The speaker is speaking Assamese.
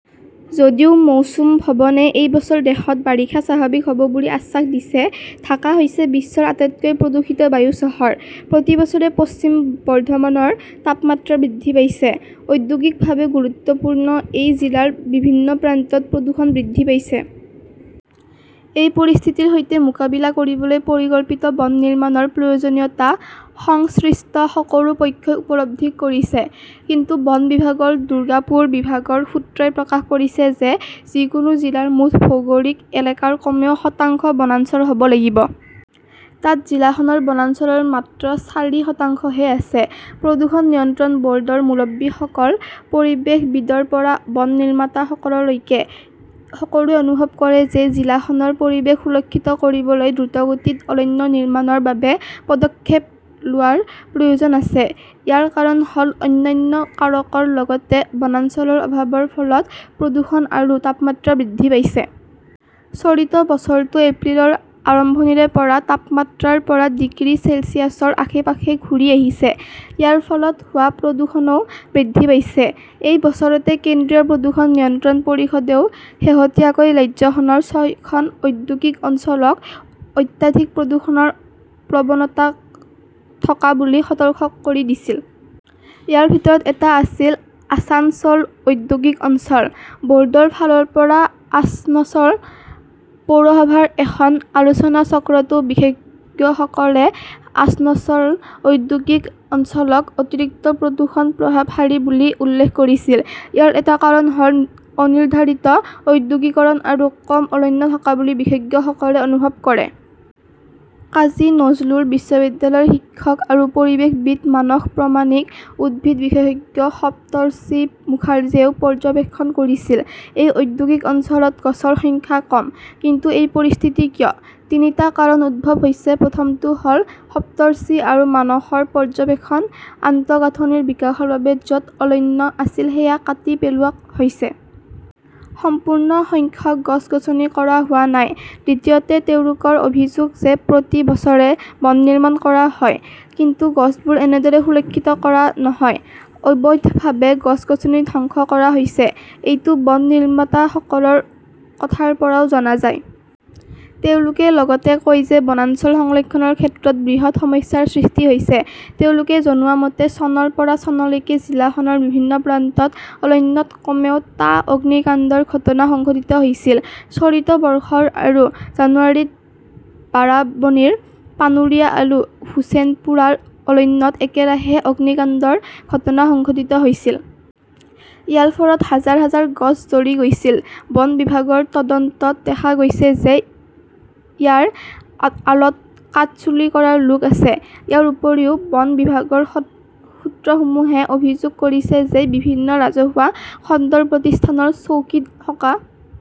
যদিও মৌচুম ভৱনে এই বছৰ দেশত বাৰিষা স্বাভাৱিক হ "ব বুলি আশ্বাস দিছে। ঢাকা হৈছে বিশ্বৰ আটাইতকৈ প্ৰদূষিত বায়ু চহৰ। প্ৰতি বছৰে পশ্চিম বৰ্ধমানৰ তাপমাত্ৰা বৃদ্ধি পাইছে। ঔদ্যোগিকভাৱে গুৰুত্বপূৰ্ণ এই জিলাৰ বিভিন্ন প্ৰান্তত প্ৰদূষণ বৃদ্ধি পাইছে। এই পৰিস্থিতিৰ সৈতে মোকাবিলা কৰিবলৈ পৰিকল্পিত বন নিৰ্মাণৰ প্ৰয়োজনীয়তা সংশ্লিষ্ট সকলো পক্ষই উপলব্ধি কৰিছে। কিন্তু বন বিভাগৰ দুৰ্গাপুৰ বিভাগৰ সূত্ৰই প্ৰকাশ কৰিছে যে যিকোনো জিলাৰ মুঠ ভৌগোলিক এলেকাৰ কমেও শতাংশ বনাঞ্চল হ 'ব লাগিব। তাত জিলাখনৰ বনাঞ্চলৰ মাত্ৰ চাৰি শতাংশহে আছে। প্ৰদূষণ নিয়ন্ত্ৰণ ব "ৰ্ডৰ মুৰব্বীসকল, পৰিৱেশবিদৰ পৰা বন নিৰ্মাতাসকললৈকে সকলোৱে অনুভৱ কৰে যে জিলাখনৰ পৰিৱেশ সুৰক্ষিত কৰিবলৈ দ্ৰুতগতিত অৰণ্য নিৰ্মাণৰ বাবে পদক্ষেপ লোৱাৰ প্ৰয়োজন আছে। ইয়াৰ কাৰণ হ "ল অন্যান্য কাৰকৰ লগতে বনাঞ্চলৰ অভাৱৰ ফলত প্ৰদূষণ আৰু তাপমাত্ৰা বৃদ্ধি পাইছে। চলিত বছৰতো এপ্ৰিলৰ আৰম্ভণিৰে পৰা তাপমাত্ৰা ৰ পৰা ডিগ্ৰী চেলছিয়াছৰ আশে-পাশে ঘূৰি আহিছে। ইয়াৰ ফলত হোৱা প্ৰদূষণও বৃদ্ধি পাইছে। এই বছৰতে কেন্দ্ৰীয় প্ৰদূষণ নিয়ন্ত্ৰণ পৰিষদেও শেহতীয়াকৈ ৰাজ্যখনৰ ছয়খন ঔদ্যোগিক অঞ্চলক অত্যাধিক প্ৰদূষণৰ প্ৰৱণতা থকা বুলি সতৰ্ক কৰি দিছিল। ইয়াৰ ভিতৰত এটা আছিল আছানছোল ঔদ্যোগিক অঞ্চল। ব "ৰ্ডৰ ফালৰ পৰা আসনছ" ল পৌৰসভাৰ এখন আলোচনাচক্ৰতো বিশেষজ্ঞসকলে আসনছ "ল ঔদ্যোগিক অঞ্চলক অতিৰিক্ত 'প্ৰদূষণ-প্ৰভাৱশালী" বুলি উল্লেখ কৰিছিল। ইয়াৰ এটা কাৰণ হ "ল অনিৰ্ধাৰিত ঔদ্যোগিকৰণ আৰু কম অৰণ্য থকা বুলি বিশেষজ্ঞসকলে অনুভৱ কৰে। কাজী নজৰুল বিশ্ববিদ্যালয়ৰ শিক্ষক আৰু পৰিৱেশবিদ মানস প্ৰমাণিক, উদ্ভিদ বিশেষজ্ঞ সপ্তৰ্ষী মুখাৰ্জীয়েও পৰ্যবেক্ষণ কৰিছিল, "এই ঔদ্যোগিক অঞ্চলত গছৰ সংখ্যা কম। "কিন্তু এই পৰিস্থিতি কিয়? তিনিটা কাৰণ উদ্ভৱ হৈছে-প্ৰথমটো হ "ল সপ্তৰ্ষী আৰু মানসৰ পৰ্যবেক্ষণঃ" আন্তঃগাঁথনিৰ বিকাশৰ বাবে য "ত অৰণ্য আছিল সেয়া কাটি পেলোৱা হৈছে। সম্পূৰ্ণ সংখ্যক গছ-গছনি কৰা হোৱা নাই। "দ্বিতীয়তে, তেওঁলোকৰ অভিযোগ যে প্ৰতি বছৰে বন নিৰ্মাণ কৰা হয়। কিন্তু গছবোৰ এনেদৰে সুৰক্ষিত কৰা নহয়। অবৈধভাৱে গছ-গছনি ধ্বংস কৰা হৈছে। এইটো বন নিৰ্মাতাসকলৰ কথাৰ পৰাও জনা যায়। তেওঁলোকে লগতে কয় যে বনাঞ্চল সংৰক্ষণৰ ক্ষেত্ৰত বৃহৎ সমস্যাৰ সৃষ্টি হৈছে। তেওঁলোকে জনোৱা মতে, চনৰ পৰা চনলৈকে জিলাখনৰ বিভিন্ন প্ৰান্তৰ অৰণ্যত কমেও টা অগ্নিকাণ্ডৰ ঘটনা সংঘটিত হৈছিল। চলিত বৰ্ষৰ আৰু জানুৱাৰীত বাৰাবনীৰ পানুৰিয়া আৰু হোচেনপুৰাৰ অৰণ্যত একেৰাহে অগ্নিকাণ্ডৰ ঘটনা সংঘটিত হৈছিল। ইয়াৰ ফলত হাজাৰ হাজাৰ গছ জ্বলি গৈছিল। বন বিভাগৰ তদন্তত দেখা গৈছে যে ইয়াৰ আঁৰত কাঠ চুৰি কৰা লোক আছে। ইয়াৰ উপৰিও, বন বিভাগৰ সূত্ৰসমূহে অভিযোগ কৰিছে যে বিভিন্ন ৰাজহুৱা খণ্ডৰ প্ৰতিষ্ঠানৰ চৌকীত থকা